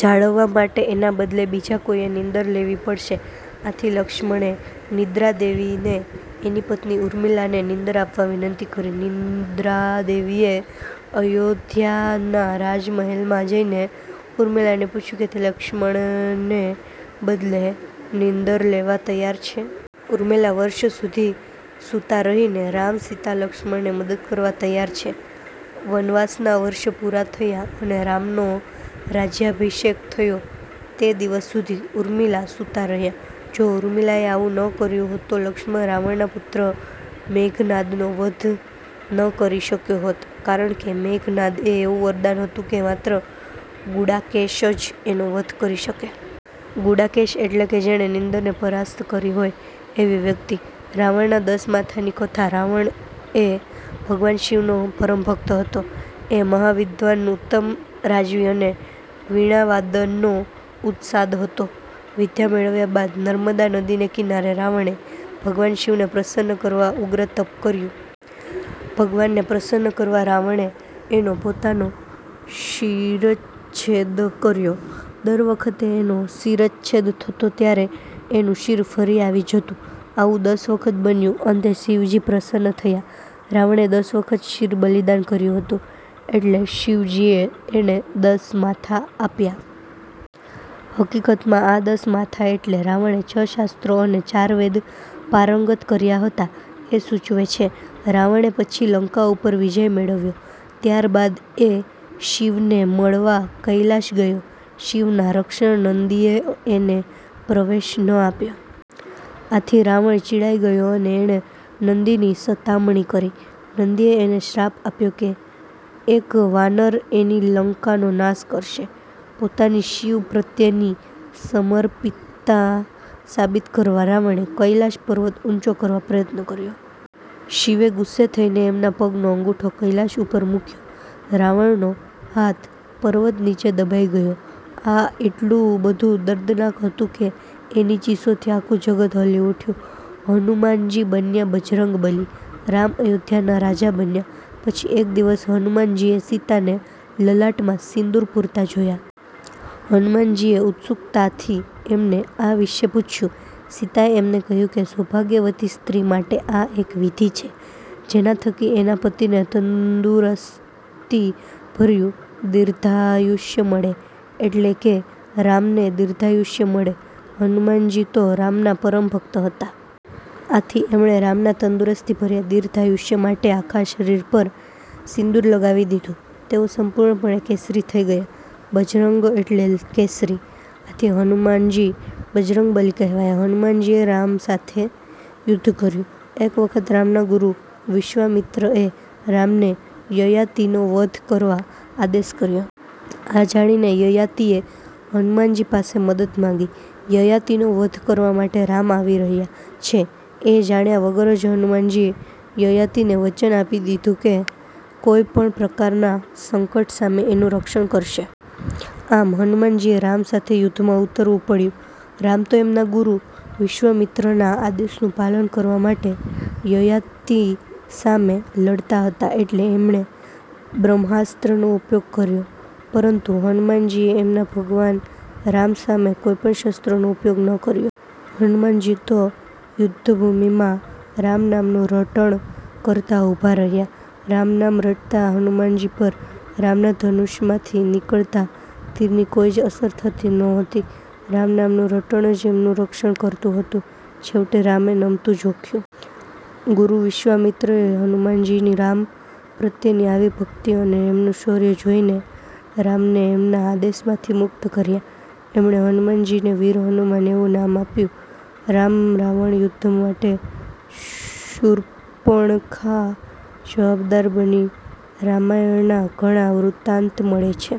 જાળવવા માટે એના બદલે બીજા કોઈએ નીંદર લેવી પડશે. આથી લક્ષ્મણે નિદ્રા દેવીને એની પત્ની ઉર્મિલાને નીંદર આપવા વિનંતી કરી. નિદ્રાદેવીએ અયોધ્યાના રાજમહેલમાં જઈને ઉર્મિલાને પૂછ્યું કે તે લક્ષ્મણને બદલે નીંદર લેવા તૈયાર છે? ઉર્મિલા વર્ષ સુધી સુતાં રહીને રામ, સીતા, લક્ષ્મણને મદદ કરવા તૈયાર થઇ! વનવાસના વર્ષ પુરા થયા અને રામનો રાજયાભિષેક થયો તે દિવસ સુધી ઉર્મિલા સુતાં રહ્યાં. જો ઉર્મિલાએ આવું ન કર્યું હોત તો લક્ષ્મણ, રાવણના પુત્ર મેઘનાદનો વધ ન કરી શક્યો હોત કારણકે મેઘનાદને એવું વરદાન હતું કે માત્ર "ગુડાકેશ" જ એનો વધ કરી શકે. ગુડાકેશ એટલે કે જેણે નિંદરને પરાસ્ત કરી હોય એવી વ્યક્તિ. રાવણના દસ માથાંની કથા રાવણ એ ભગવાન શિવનો પરમ ભક્ત હતો. એ મહાવિદ્વાન, ઉત્તમ રાજવી અને વીણા વાદનનો ઉસ્તાદ હતો. વિદ્યા મેળવ્યા બાદ, નર્મદા નદીને કિનારે રાવણે ભગવાન શિવને પ્રસન્ન કરવા ઉગ્ર તપ કર્યું. ભગવાનને પ્રસન્ન કરવા રાવણે એનો પોતાનો શિરચ્છેદ કર્યો. દર વખતે એનો શિરચ્છેદ થતો ત્યારે એનું શિર ફરી આવી જતું. આવું દસ વખત બન્યું. અંતે શિવજી પ્રસન્ન થયા. રાવણે દસ વખત શિર બલિદાન કર્યું હતું એટલે શિવજીએ એને દસ માથાં આપ્યાં. હકીકતમાં આ દસ માથાં એટલે રાવણે છ શાસ્ત્રો અને ચાર વેદ પારંગત કર્યા હતા એ સૂચવે છે. રાવણે પછી લંકા ઉપર વિજય મેળવ્યો. ત્યાર બાદ એ શિવને મળવા કૈલાશ ગયો. શિવના રક્ષક નંદીએ એને પ્રવેશ ન આપ્યો. આથી રાવણ ચિડાઈ ગયો અને એણે નંદીની સતામણી કરી. નંદીએ એને શ્રાપ આપ્યો કે એક વાનર એની લંકાનો નાશ કરશે! પોતાની શિવ પ્રત્યેની સમર્પિતતા સાબિત કરવા રાવણે કૈલાશ પર્વત ઉંચો કરવા પ્રયત્ન કર્યો. શિવે ગુસ્સે થઈને એમના પગનો અંગુઠો કૈલાશ ઉપર મુક્યો. રાવણનો હાથ પર્વત નીચે દબાઈ ગયો. આ એટલું બધું દર્દનાક હતું કે એની ચીસોથી આખું જગત હલી ઉઠ્યું. હનુમાનજી બન્યા બજરંગ બલી! રામ અયોધ્યાના રાજા બન્યા પછી એક દિવસ હનુમાનજીએ સીતાને લલાટમાં સિંદુર પુરતાં જોયાં. હનુમાનજીએ ઉત્સુકતાથી એમને આ વિષે પૂછ્યું. સીતાએ એમને કહ્યું કે સૌભાગ્યવતી સ્ત્રી માટે આ એક વિધિ છે જેના થકી એના પતિને તંદુરસ્તીભર્યું દીર્ધાયુષ્ય મળે. એટલે કે રામને દીર્ધાયુષ્ય મળે. હનુમાનજી તો રામના પરમ ભક્ત હતા. આથી એમણે રામના તંદુરસ્તીભર્યા દીર્ધાયુષ્ય માટે આખા શરીર પર સિંદુર લગાવી દીધું! તેઓ સંપૂર્ણપણે કેસરી થઇ ગયા! બજરંગ એટલે કેસરી. આથી હનુમાનજી બજરંગબલી કહેવાયા! હનુમાનજીએ રામ સાથે યુદ્ધ કર્યું! એક વખત રામના ગુરુ વિશ્વામિત્રએ રામને યયાતિનો વધ કરવા આદેશ કર્યો. આ જાણીને યયાતિએ હનુમાનજી પાસે મદદ માંગી. યયાતિનો વધ કરવા માટે રામ આવી રહ્યા છે એ જાણ્યા વગર જ હનુમાનજીએ યયાતિને વચન આપી દીધું કે કોઈ પણ પ્રકારના સંકટ સામે એનું રક્ષણ કરશે. આમ, હનુમાનજીએ રામ સાથે યુદ્ધમાં ઉતરવું પડ્યું! રામ તો એમના ગુરુ વિશ્વામિત્રના આદેશનું પાલન કરવા માટે યયાતિ સામે લડતા હતા એટલે એમણે બ્રહ્માસ્ત્રનો ઉપયોગ કર્યો. પરંતુ હનુમાનજીએ એમના ભગવાન રામ સામે કોઈ પણ શસ્ત્રનો ઉપયોગ ન કર્યો. હનુમાનજી તો યુદ્ધભૂમિમાં રામ નામનું રટણ કરતા ઉભા રહ્યા. રામ નામ રટતા હનુમાનજી પર રામના ધનુષમાંથી નીકળતા તીરની કોઈ જ અસર થતી નહોતી. રામ નામનું રટણ જ એમનું રક્ષણ કરતું હતું. છેવટે રામે નમતું જોખ્યું. ગુરુ વિશ્વામિત્રએ હનુમાનજીની રામ પ્રત્યેની આવી ભક્તિ અને એમનું શોર્ય જોઇને રામને એમના આદેશમાંથી મુક્ત કર્યા. એમણે હનુમાનજીને "વીર હનુમાન" એવું નામ આપ્યું. રામ રાવણ યુદ્ધ માટે શુર્પણખા જવાબદાર બની રામાયણના ઘણા વૃત્તાંત મળે છે.